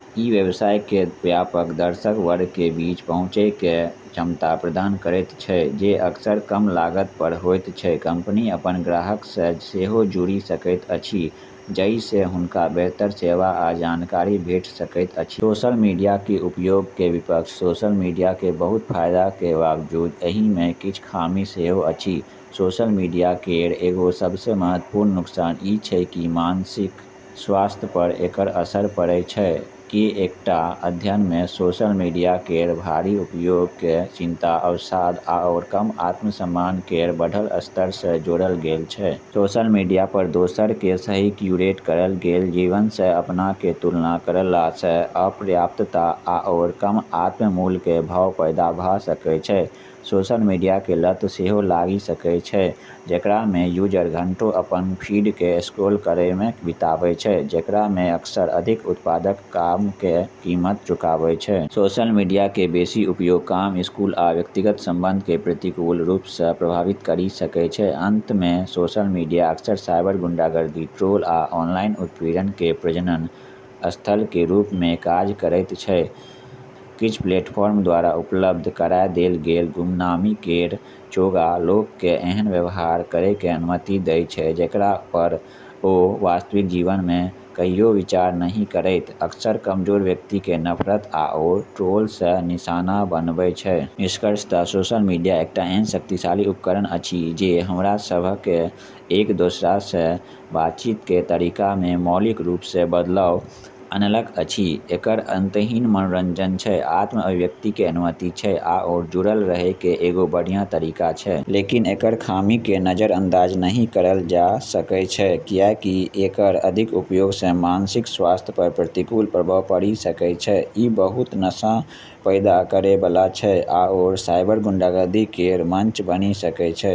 ई व्यवसायके व्यापक दर्शक वर्गके बीच पहुँचैके क्षमता प्रदान करैत छै, जे अक्सर कम लागत पर होइत छै। कंपनी अपन ग्राहकसँ सेहो जुड़ि सकैत अछि, जाहिसँ हुनका बेहतर सेवा आ जानकारी भेट सकैत अछि। सोशल मीडियाके उपयोगके विपक्ष सोशल मीडियाके बहुत फाइदाके बावजूद एहिमे किछ खामी सेहो अछि। सोशल मीडिया केर एगो सबसँ महत्वपूर्ण नुकसान ई छै कि मानसिक स्वास्थ्य पर एकर असर पड़ै छै। कएक टा अध्ययनमे सोशल मीडिया केर भारी उपयोगके चिंता, अवसाद, आओर कम आत्मसम्मान केर बढ़ल स्तरसँ जोड़ल गेल छै। सोशल मीडिया पर दोसरके सही क्यूरेट करल गेल जीवनसँ अपनाके तुलना करलासँ अपर्याप्तता आओर कम आत्म-मूल्यके भाव पैदा भ' सकै छै। सोशल मीडियाके लत सेहो लागि सकै छै, जेकरामे यूजर घंटों अपन फीडके स्क्रॉल करैमे बिताबै छै, जेकरामे अक्सर अधिक उत्पादक कामके कीमत चुकाबै छै। सोशल मीडियाके बेशी उपयोग काम, स्कूल, आ व्यक्तिगत संबंधके प्रतिकूल रूपसँ प्रभावित करि सकै छै। अंतमे, सोशल मीडिया अक्सर साइबर गुंडागर्दी, ट्रोल, आ ऑनलाइन उत्पीड़नके प्रजनन स्थलके रूपमे काज करैत छै। किछ प्लेटफार्म द्वारा उपलब्ध कराय देल गेल गुमनामी केर चोगा लोकके एहन व्यवहार करैके अनुमति दै छै जेकरा पर ओ वास्तविक जीवनमे कहियो विचार नहि करतै, अक्सर कमजोर व्यक्तिके नफरत आओर ट्रोलसँ निशाना बनबै छै। निष्कर्षतः सोशल मीडिया एकटा एहन शक्तिशाली उपकरण अछि जे हमरा सभक एक दोसरासँ बातचीतके तरीकामे मौलिक रूपसँ बदलाव अनलक अछि। एकर अंतहीन मनोरंजन छै, आत्म-अभिव्यक्तिके अनुमति छै, आओर जुड़ल रहैके एगो बढ़िया तरीका छै। लेकिन एकर खामीके नजरअंदाज नहि करल जा सकै छै, किएकि एकर अधिक उपयोगसँ मानसिक स्वास्थ्य पर प्रतिकूल प्रभाव पड़ि सकै छै, ई बहुत नशा पैदा करैबला छै, आओर साइबर गुंडागर्दी केर मंच बनि सकै छै।